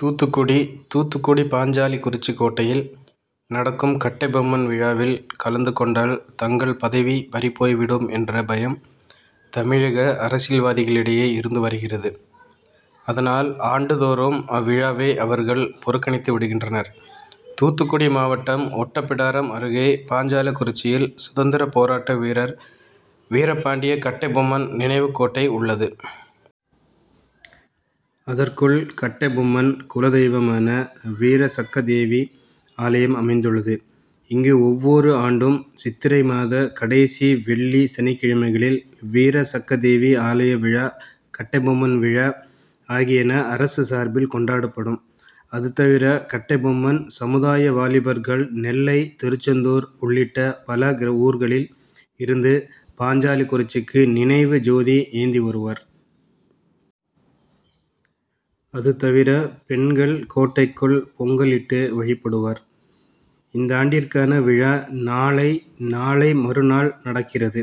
தூத்துக்குடி தூத்துக்குடி பாஞ்சாலங்குறிச்சி கோட்டையில் நடக்கும் கட்டபொம்மன் விழாவில் கலந்து கொண்டால் தங்கள் பதவி பறிபோய்விடும் என்ற பயம் தமிழக அரசியல்வாதிகளிடையே இருந்து வருகிறது. அதனால் ஆண்டுதோறும் அவ்விழாவை அவர்கள் புறக்கணித்துவிடுகின்றனர். தூத்துக்குடி மாவட்டம் ஒட்டப்பிடாரம் அருகே பாஞ்சாலங்குறிச்சியில் சுதந்திர போராட்ட வீரர் வீரபாண்டிய கட்டபொம்மன் நினைவுக்கோட்டை உள்ளது. அதற்குள் கட்டபொம்மன் குலதெய்வமான வீரசக்கதேவி ஆலயம் அமைந்துள்ளது. இங்கு ஒவ்வொரு ஆண்டும் சித்திரை மாத கடைசி வெள்ளி சனிக்கிழமைகளில் வீரசக்கதேவி ஆலய விழா கட்டபொம்மன் விழா ஆகியன அரசு சார்பில் கொண்டாடப்படும். அதுதவிர கட்டபொம்மன் சமுதாய வாலிபர்கள் நெல்லை திருச்செந்தூர் உள்ளிட்ட பல ஊர்களில் இருந்து பாஞ்சாலங்குறிச்சிக்கு நினைவு ஜோதி எடுத்துவருவர். அதுதவிர பெண்கள் கோட்டைக்குள் பொங்கலிட்டு வழிபடுவர். இந்தாண்டிற்கான விழா நாளை நாளை மறுநாள் நடக்கிறது.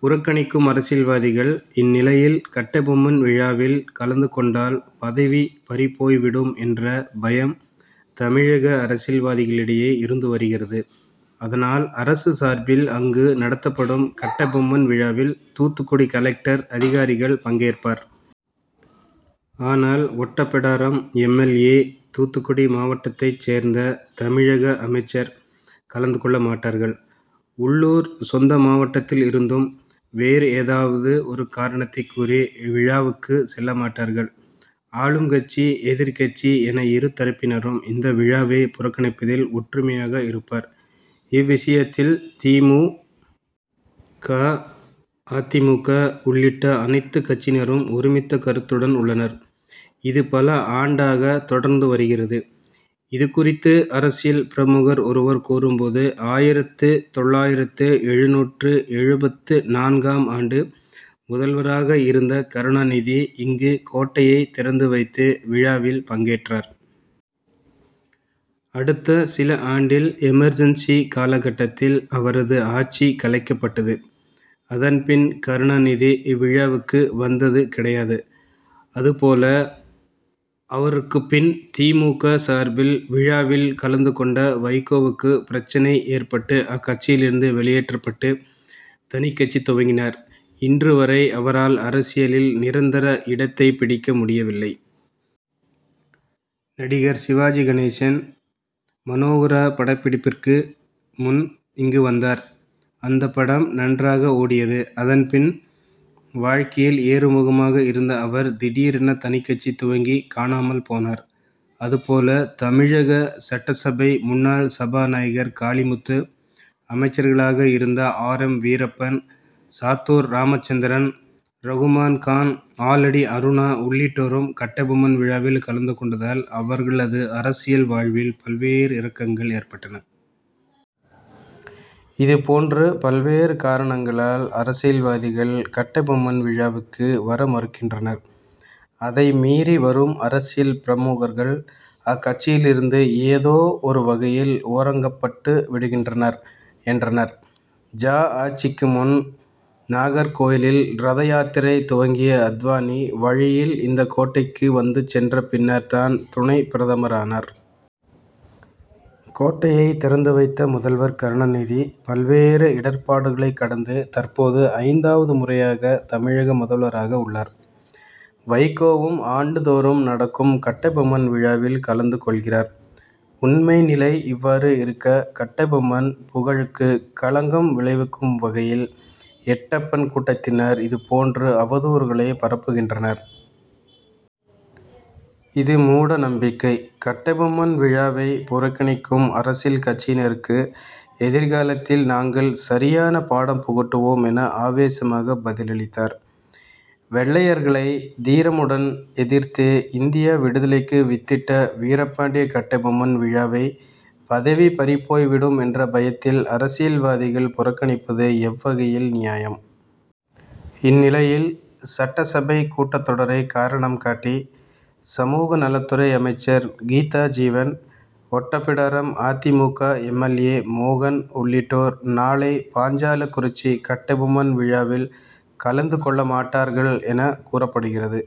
புறக்கணிக்கும் அரசியல்வாதிகள் இந்நிலையில் கட்டபொம்மன் விழாவில் கலந்துகொண்டால் பதவி பறிபோய்விடும் என்ற பயம் தமிழக அரசியல்வாதிகளிடையே இருந்துவருகிறது. அதனால் அரசு சார்பில் அங்கு நடத்தப்படும் கட்டபொம்மன் விழாவில் தூத்துக்குடி கலெக்டர் அதிகாரிகள் பங்கேற்பர். ஆனால் Ottapidaram M. L. A. Thoothukudi மாவட்டத்தைச் சேர்ந்த தமிழக அமைச்சர் கலந்துகொள்ளமாட்டார்கள். உள்ளூர் சொந்த மாவட்டத்தில் இருந்தாலும் வேறு ஏதாவது ஒரு காரணத்தைக்கூறி விழாவுக்கு செல்லமாட்டார்கள். ஆளுங்கட்சி எதிர்க்கட்சி என இருதரப்பினரும் இந்த விழாவை புறக்கணிப்பதில் ஒற்றுமையாக இருப்பர். இவ்விஷயத்தில் தி. மு. க. அ. தி. மு. க. உள்ளிட்ட அனைத்துக்கட்சியினரும் ஒருமித்த கருத்துடன் உள்ளனர். இது பல ஆண்டாக தொடர்ந்துவருகிறது. அதுகுறித்து அரசியல் பிரமுகர் ஒருவர் கூறும்போது ஆயிரத்து தொள்ளாயிரத்து எழுநூற்று எழுபத்து நான்காம் ஆண்டு முதல்வராக இருந்த கருணாநிதி இங்கு கோட்டையை திறந்துவைத்து விழாவில் பங்கேற்றார். அடுத்த சில ஆண்டில் எமர்ஜென்சி காலகட்டத்தில் அவரது ஆட்சி கலைக்கப்பட்டது. அதன்பின் கருணாநிதி இவ்விழாவுக்கு வந்தது கிடையாது. அதுபோல அவருக்குப்பின் தி. மு. க. சார்பில் விழாவில் கலந்துகொண்ட வைகோவுக்கு பிரச்னை ஏற்பட்டு அக்கட்சியிலிருந்து வெளியேற்றப்பட்டு தனிக்கட்சி துவங்கினார். இன்று வரை அவரால் அரசியலில் நிரந்தர இடத்தைப்பிடிக்க முடியவில்லை. நடிகர் சிவாஜி கணேசன் மனோகரா படப்பிடிப்பிற்கு முன் இங்கு வந்தார். அந்த படம் நன்றாக ஓடியது. அதன்பின் வாழக்கையில் ஏறுமுகமாக இருந்த அவர் திடீரென தனிக்கட்சி துவங்கி காணாமல் போனார். அதுபோல தமிழக சட்டசபை முன்னாள் சபாநாயகர் காளிமுத்து அமைச்சர்களாக இருந்த ஆர். எம். வீரப்பன் சாத்தூர் ராமச்சந்திரன் ரகுமான்கான் ஆலடி அருணா உள்ளிட்டோரும் கட்டபொம்மன் விழாவில் கலந்துகொண்டதால் அவர்களது அரசியல் வாழ்வில் பல்வேறு இறக்கங்கள் ஏற்பட்டன. இதுபோன்ற பல்வேறு காரணங்களால் அரசியல்வாதிகள் கட்டபொம்மன் விழாவுக்கு வரமறுக்கின்றனர். அதைமீறி வரும் அரசியல் பிரமுகர்கள் அக்கட்சியிலிருந்து ஏதோ ஒரு வகையில் ஓரங்கப்பட்டுவிடுகின்றனர் என்றார். ஜ. ஆட்சிக்கு முன் நாகர்கோவிலில் ரதயாத்திரை துவங்கிய அத்வானி வழியில் இந்த கோட்டைக்கு வந்து சென்ற பின்னர் தான் துணை பிரதமரானார். கோட்டையை திறந்துவைத்த முதல்வர் கருணாநிதி பல்வேறு இடர்பாடுகளை கடந்து தற்போது ஐந்தாவது முறையாக தமிழக முதல்வராக உள்ளார். வைகோவும் ஆண்டுதோறும் நடக்கும் கட்டபொம்மன் விழாவில் கலந்து கொள்கிறார். உண்மை நிலை இவ்வாறு இருக்க கட்டபொம்மன் புகழுக்கு களங்கம் விளைவிக்கும் வகையில் எட்டப்பன் கூட்டத்தினர் இதுபோன்ற அவதூறுகளை பரப்புகின்றனர். இது மூட நம்பிக்கை. கட்டபொம்மன் விழாவை புறக்கணிக்கும் அரசியல் கட்சியினருக்கு எதிர்காலத்தில் நாங்கள் சரியான பாடம் புகட்டுவோம் என ஆவேசமாக பதிலளித்தார். வெள்ளையர்களை தீரமுடன் எதிர்த்து இந்திய விடுதலைக்கு வித்திட்ட வீரபாண்டிய கட்டபொம்மன் விழாவை பதவி பறிபோய்விடும் என்ற பயத்தில் அரசியல்வாதிகள் புறக்கணிப்பது எவ்வகையில் நியாயம். இந்நிலையில் சட்டசபை கூட்டத்தொடரை காரணம் காட்டி சமூகநலத்துறை அமைச்சர் கீதாஜீவன் ஒட்டப்பிடாரம் அ. தி. மு. க. எம். எல். ஏ. மோகன் உள்ளிட்டோர் நாளை பாஞ்சாலங்குறிச்சி கட்டபொம்மன் விழாவில் கலந்துகொள்ளமாட்டார்கள் என கூறப்படுகிறது.